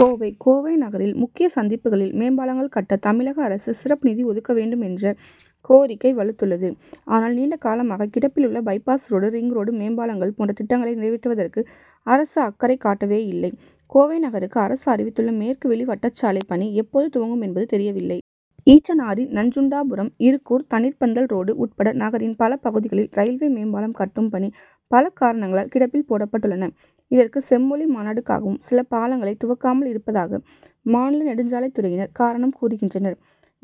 கோவை கோவை நகரில், முக்கிய சந்திப்புகளில் மேம்பாலங்கள் கட்ட, தமிழக அரசு சிறப்பு நிதி ஒதுக்க வேண்டுமென்ற கோரிக்கை வலுத்துள்ளது. ஆனால், நீண்ட காலமாக கிடப்பிலுள்ள பை-பாஸ் ரோடு, ரிங் ரோடு, மேம்பாலங்கள் போன்ற திட்டங்களை நிறைவேற்றுவதற்கு அரசு அக்கறை காட்டவேயில்லை. கோவை நகருக்கு அரசு அறிவித்துள்ள மேற்கு வெளி வட்டச்சாலை பணி எப்போது துவங்குமென்பது தெரியவில்லை. ஈச்சனாரி, நஞ்சுண்டாபுரம், இருகூர், தண்ணீர்ப்பந்தல் ரோடு உட்பட நகரின் பல பகுதிகளில், ரயில்வே மேம்பாலம் கட்டும் பணி, பல காரணங்களால் கிடப்பில் போடப் பட்டுள்ளன. இதற்கு, செம்மொழி மாநாடுக்காகவும் சில பாலங்களைத் துவக்காமல் இருப்பதாக, மாநில நெடுஞ்சாலைத்துறையினர் காரணம் கூறுகின்றனர்.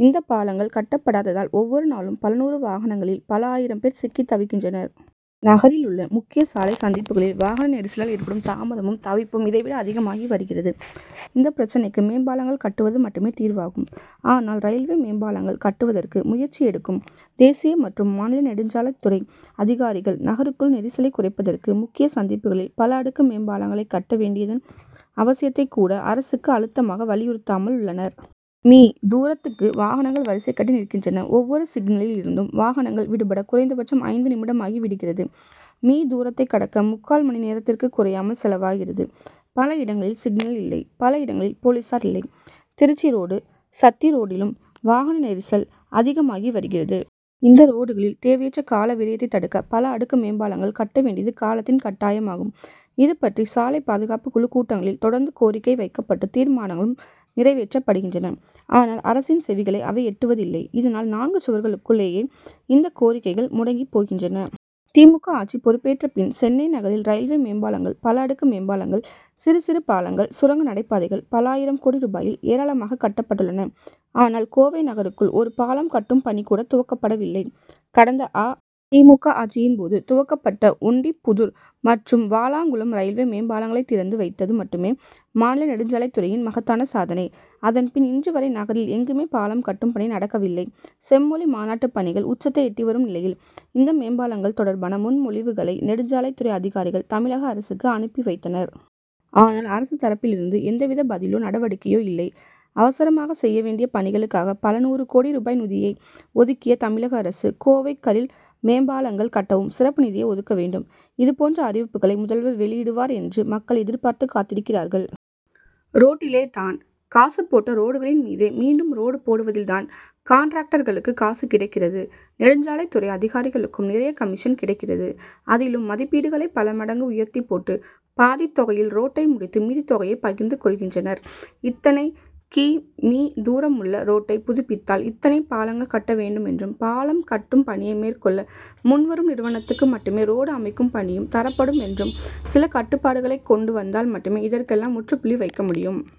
இந்த பாலங்கள் கட்டப்படாததால், ஒவ்வொரு நாளும் பல் நூறு வாகனங்களில், பல ஆயிரம் பேர் சிக்கித் தவிக்கின்றனர். நகரிலுள்ள முக்கிய சாலை சந்திப்புகளில் வாகன நெரிசலால் ஏற்படும் தாமதமும், தவிப்பும் இதைவிட அதிகமாகி வருகிறது; இந்த பிரச்சனைக்கு மேம்பாலங்கள் கட்டுவது மட்டுமே தீர்வாகும். ஆனால், ரயில்வே மேம்பாலங்கள் கட்டுவதற்கு முயற்சி எடுக்கும் தேசிய மற்றும் மாநில நெடுஞ்சாலைத் துறை அதிகாரிகள், நகருக்குள் நெரிசலைக் குறைப்பதற்கு, முக்கிய சந்திப்புகளில் பல அடுக்கு மேம்பாலங்களைக் கட்ட வேண்டியதன் அவசியத்தைக் கூட, அரசுக்கு அழுத்தமாக வலியுறுத்தாமல் உள்ளனர். மீ., தூரத்துக்கு வாகனங்கள் வரிசை கட்டி நிற்கின்றன. ஒவ்வொரு சிக்னலில் இருந்தும் வாகனங்கள் விடுபட குறைந்தபட்சம் ஐந்து நிமிடமாகி விடுகிறது. மீ., தூரத்தைக் கடக்க, முக்கால் மணி நேரத்துக்குக் குறையாமல் செலவாகிறது. பல இடங்களில் சிக்னல் இல்லை; பல இடங்களில் போலீசார் இல்லை. திருச்சி ரோடு, சத்தி ரோட்டிலும் வாகன நெரிசல் அதிகமாகி வருகிறது. இந்த ரோடுகளில் தேவையற்ற கால விரயத்தைத் தடுக்க, பல அடுக்கு மேம்பாலங்கள் கட்டவேண்டியது காலத்தின் கட்டாயமாகும். இதுபற்றி சாலை பாதுகாப்புக் குழுக் கூட்டங்களில், தொடர்ந்து கோரிக்கை வைக்கப்பட்டு, தீர்மானங்களும் நிறைவேற்றப்படுகின்றன. ஆனால், அரசின் செவிகளை அவை எட்டுவதில்லை. இதனால், நான்கு சுவர்களுக்குள் ளேயே இந்த கோரிக்கைகள் முடங்கிப் போகின்றன. தி. மு. க., ஆட்சி பொறுப்பேற்றபின், சென்னை நகரில் ரயில்வே மேம்பாலங்கள், பல அடுக்கு மேம்பாலங்கள், சிறு சிறு பாலங்கள், சுரங்க நடைபாதைகள் பல ஆயிரம் கோடி ரூபாயில் ஏராளமாகக் கட்டப்பட்டுள்ளன. ஆனால், கோவை நகருக்குள் ஒரு பாலம் கட்டும் பணி கூட துவக்கப்படவில்லை. கடந்த அ. தி. மு. க., ஆட்சியின்போது, துவக்கப்பட்ட ஒண்டிப்புதூர் மற்றும் வாலாங்குளம் ரயில்வே மேம் பாலங்களைத் திறந்து வைத்தது மட்டுமே, மாநில நெடுஞ்சாலைத்துறையின் மகத்தான சாதனை. அதன்பின், இன்று வரை நகரில் எங்குமே பாலம் கட்டும் பணி நடக்கவில்லை. செம்மொழி மாநாட்டுப் பணிகள் உச்சத்தை எட்டி வரும் நிலையில், இந்த மேம்பாலங்கள் தொடர்பான முன்மொழிவுகளை நெடுஞ்சாலைத் துறை அதிகாரிகள், தமிழக அரசுக்கு அனுப்பி வைத்தனர். ஆனால், அரசு தரப்பிலிருந்து எந்த வித பதிலோ, நடவடிக்கையோ இல்லை. அவசரமாகச் செய்ய வேண்டிய பணிகளுக்காக பல நூறு கோடி ரூபாய் நிதியை ஒதுக்கிய தமிழக அரசு, கோவை கரில் மேம்பாலங்கள் கட்டவும் சிறப்பு நிதியை ஒதுக்க வேண்டும். இது போன்ற அறிவிப்புகளை முதல்வர் வெளியிடுவார் என்று மக்கள் எதிர்பார்த்துக் காத்திருக்கிறார்கள். ரோட்டிலேதான் காசு போட்ட ரோடுகளின் மீதே மீண்டும் ரோடு போடுவதில்தான் கான்ட்ராக்டர்களுக்கு காசு கிடைக்கிறது; நெடுஞ்சாலைத்துறை அதிகாரிகளுக்கும் நிறைய கமிஷன் கிடைக்கிறது. அதிலும் மதிப்பீடுகளை பல மடங்கு உயர்த்திப் போட்டு, பாதித் தொகையில் ரோட்டை முடித்து, மீதித்தொகையை பகிர்ந்து கொள்கின்றனர். இத்தனை கி. மீ., தூரமுள்ள ரோட்டைப் புதுப்பித்தால், இத்தனை பாலங்கள் கட்ட வேண்டுமென்றும், பாலம் கட்டும் பணியை மேற்கொள்ள முன் வரும் நிறுவனத்துக்கு மட்டுமே ரோடு அமைக்கும் பணியும் தரப்படுமென்றும் சில கட்டுப்பாடுகளைக் கொண்டு வந்தால் மட்டுமே இதற்கெல்லாம் முற்றுப்புள்ளி வைக்க முடியும்.